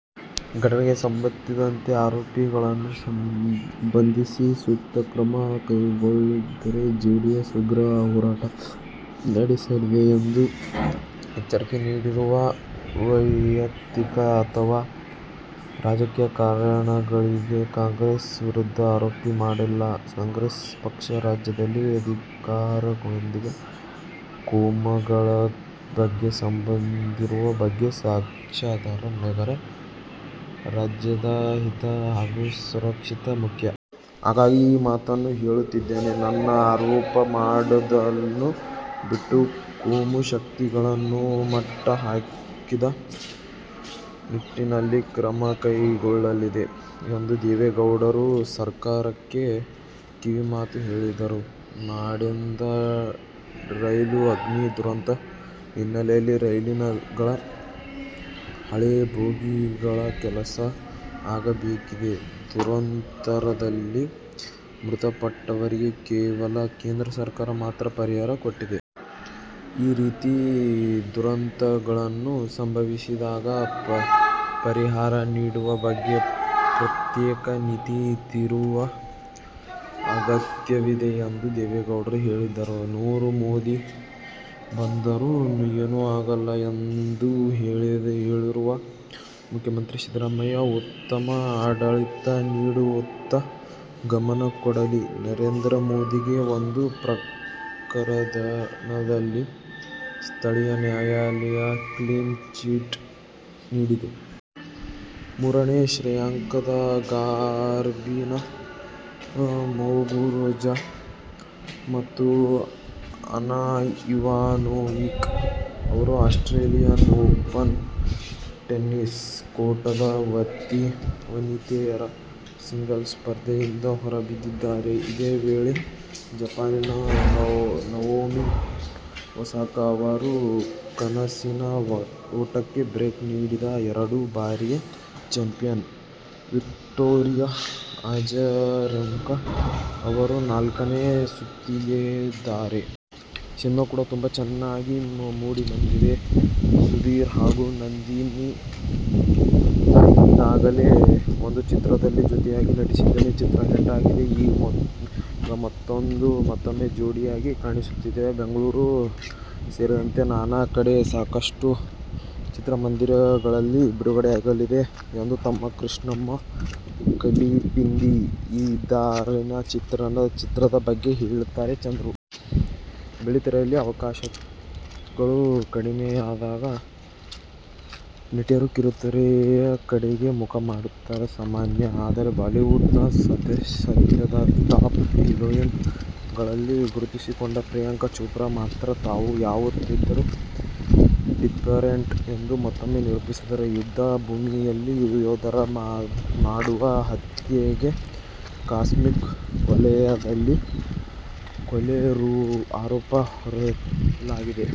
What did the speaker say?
ಘಟನೆಗೆ ಸಂಬಂಧಿಸಿದಂತೆ ಆರೋಪಿಗಳನ್ನು ಬಂಧಿಸಿ ಸೂಕ್ತ ಕ್ರಮ ಕೈಗೊಳ್ಳದಿದ್ದರೆ ಜೆಡಿಎಸ್ ಉಗ್ರ ಹೋರಾಟ ನಡೆಸಲಿದೆ ಎಂದು ಎಚ್ಚರಿಕೆ ನೀಡಿದರು. ವೈಯಕ್ತಿಕ ಅಥವಾ ರಾಜಕೀಯ ಕಾರಣಗಳಿಗೆ ಕಾಂಗ್ರೆಸ್ ವಿರುದ್ಧ ಆರೋಪ ಮಾಡುತ್ತಿಲ್ಲ. ಕಾಂಗ್ರೆಸ್ ಪಕ್ಷ ರಾಜ್ಯದಲ್ಲಿ ಅಧಿಕಾರದಲ್ಲಿದ್ದಾಗ ಕೋಮಗಲಭೆ ಸಂಭವಿಸಿದ್ದರ ಬಗ್ಗೆ ಸಾಕ್ಷ್ಯಾಧರಗಳಿವೆ. ನನಗೆ ರಾಜ್ಯದ ಹಿತ ಹಾಗೂ ಸುರಕ್ಷತೆ ಮುಖ್ಯ. ಹಾಗಾಗಿ ಈ ಮಾತನ್ನು ಹೇಳುತ್ತಿದ್ದೇನೆ. ನನ್ನ ಆರೋಪ ಮಾಡುವುದನ್ನು ಬಿಟ್ಟು, ಕೋಮುಶಕ್ತಿಗಳನ್ನು ಮಟ್ಟ ಹಾಕುವ ನಿಟ್ಟಿನಲ್ಲಿ ಕ್ರಮ ಕೈಗೊಳ್ಳಲಿ ಎಂದು ದೇವೇಗೌಡರು ಸರ್ಕಾರಕ್ಕೆ ಕಿವಿಮಾತು ಹೇಳಿದರು. ನಾಂದೇಡ ರೈಲು ಅಗ್ನಿ ದುರಂತ ಹಿನ್ನೆಲೆಯಲ್ಲಿ ರೈಲುಗಳ ಹಳೆ ಬೋಗಿಗಳ ಕೆಲಸ ಆಗಬೇಕಿದೆ. ದುರಂತದಲ್ಲಿ ಮೃತಪಟ್ಟವರಿಗೆ ಕೇವಲ ಕೇಂದ್ರ ಸರ್ಕಾರ ಮಾತ್ರ ಪರಿಹಾರ ಕೊಟ್ಟಿದೆ. ಈ ರೀತಿ ದುರಂತಗಳನ್ನು ಸಂಭವಿಸಿದಾಗ ಪರಿಹಾರ ನೀಡುವ ಬಗ್ಗೆ ಪ್ರತ್ಯೇಕ ನೀತಿ ತರುವ ಅಗತ್ಯವಿದೆ ಎಂದು ದೇವೇಗೌಡರು ಹೇಳಿದರು. ನೂರು ಮೋದಿ ಬಂದರೂ ಏನೂ ಆಗಲ್ಲ ಎಂದು ಹೇಳಿರುವ ಮುಖ್ಯಮಂತ್ರಿ ಸಿದ್ದರಾಮಯ್ಯ ಉತ್ತಮ ಆಡಳಿತ ನೀಡುವತ್ತ ಗಮನ ಕೊಡಲಿ. ನರೇಂದ್ರ ಮೋದಿಗೆ ಒಂದು ಪ್ರಕರಣದಲ್ಲಿ ಸ್ಥಳೀಯ ನ್ಯಾಯಲಯ ಕ್ಲೀನ್ ಚೀಟ್ ನೀಡಿದೆ. ಮೂರನೇ ಶ್ರೇಯಾಂಕದ ಗಾರ್ಬಿನ್ ಮುಗುರುಜಾ ಮತ್ತು ಅನಾ ಇವಾನೋವಿಕ್ ಅವರು ಆಸ್ಟ್ರೇಲಿಯನ್ ಓಪನ್ ಟೆನಿಸ್ ಕೂಟದ ವನಿತೆಯರ ಸಿಂಗಲ್ಸ್ ಸ್ಪರ್ಧೆಯಿಂದ ಹೊರಬಿದ್ದಿದ್ದಾರೆ. ಇದೇ ವೇಳೆ ಜಪಾನಿನ ನವೋಮಿ ಒಸಾಕಾ ಅವರ ಕನಸಿನ ಓಟಕ್ಕೆ ಬ್ರೇಕ್ ನೀಡಿದ ಎರಡು ಬಾರಿಯ ಚಾಂಪಿಯನ್ ವಿಕ್ಟೋರಿಯಾ ಅಜರೆಂಕಾ ಅವರು ನಾಲ್ಕನೇ ಸುತ್ತಿಗೇರಿದ್ದಾರೆ. ಸಿನಿಮಾ ಕೂಡಾ ತುಂಬಾ ಚೆನ್ನಾಗಿ ಮೂಡಿಬಂದಿದೆ. ಸುಧೀರ್ ಹಾಗೂ ನಂದಿತಾ ಈಗಾಗಲೇ ಒಂದು ಚಿತ್ರದಲ್ಲಿ ಜೊತೆಯಾಗಿ ನಟಿಸಿದ್ದು, ಚಿತ್ರ ಹಿಟ್ ಆಗಿದೆ. ಈಗ ಮತ್ತೂಮ್ಮೆ ಜೋಡಿಯಾಗಿ ಕಾಣಿಸಿಕೊಂಡಿದ್ದಾರೆ. ಬೆಂಗಳೂರು ಸೇರಿದಂತೆ ನಾನಾ ಕಡೆ ಸಾಕಷ್ಟು ಚಿತ್ರಮಂದಿರಗಳಲ್ಲಿ ಬಿಡುಗಡೆಯಾಗಲಿದೆ' ಎಂದು ತಮ್ಮ "ಕೃಷ್ಣಮ್ಮ ಕಲಿಪಿಂದಿ ಇದ್ದಾರನಿ' ಚಿತ್ರದ ಬಗ್ಗೆ ಹೇಳುತ್ತಾರೆ ಚಂದ್ರು. ಬೆಳ್ಳಿತೆರೆಯಲ್ಲಿ ಅವಕಾಶಗಳು ಕಡಿಮೆಯಾದಾಗ ನಟಿಯರು ಕಿರುತೆರೆ ಕಡೆಗೆ ಮುಖ ಮಾಡುವುದು ಸಾಮಾನ್ಯ. ಆದರೆ ಬಾಲಿವುಡ್ ನ ಸದ್ಯದ ಟಾಪ್ ಹಿರೋಯಿನ್ ಗಳಲ್ಲಿ ಗುರುತಿಸಿಕೊಂಡಿರುವ ಪ್ರಿಯಾಂಕ ಚೋಪ್ರಾ ಮಾತ್ರ ತಾವು ಯಾವತ್ತಿದ್ದರು ಡಿಫರೆಂಟ್ ಎಂದು ಮತ್ತೊಮ್ಮೆ ನಿರೂಪಿಸಿದಂತಿದೆ. ಯುದ್ದ ಭೂಮಿಯಲ್ಲಿ ಯೋಧರು ಮಾಡುವ ಹತ್ಯೆಗೆ ಕಾಸ್ಮಿಕ್ ವಲಯದಲ್ಲಿ ಕೊಲೆ ಆರೋಪ ಹೊರಿಸಲಾಗುತ್ತದೆ.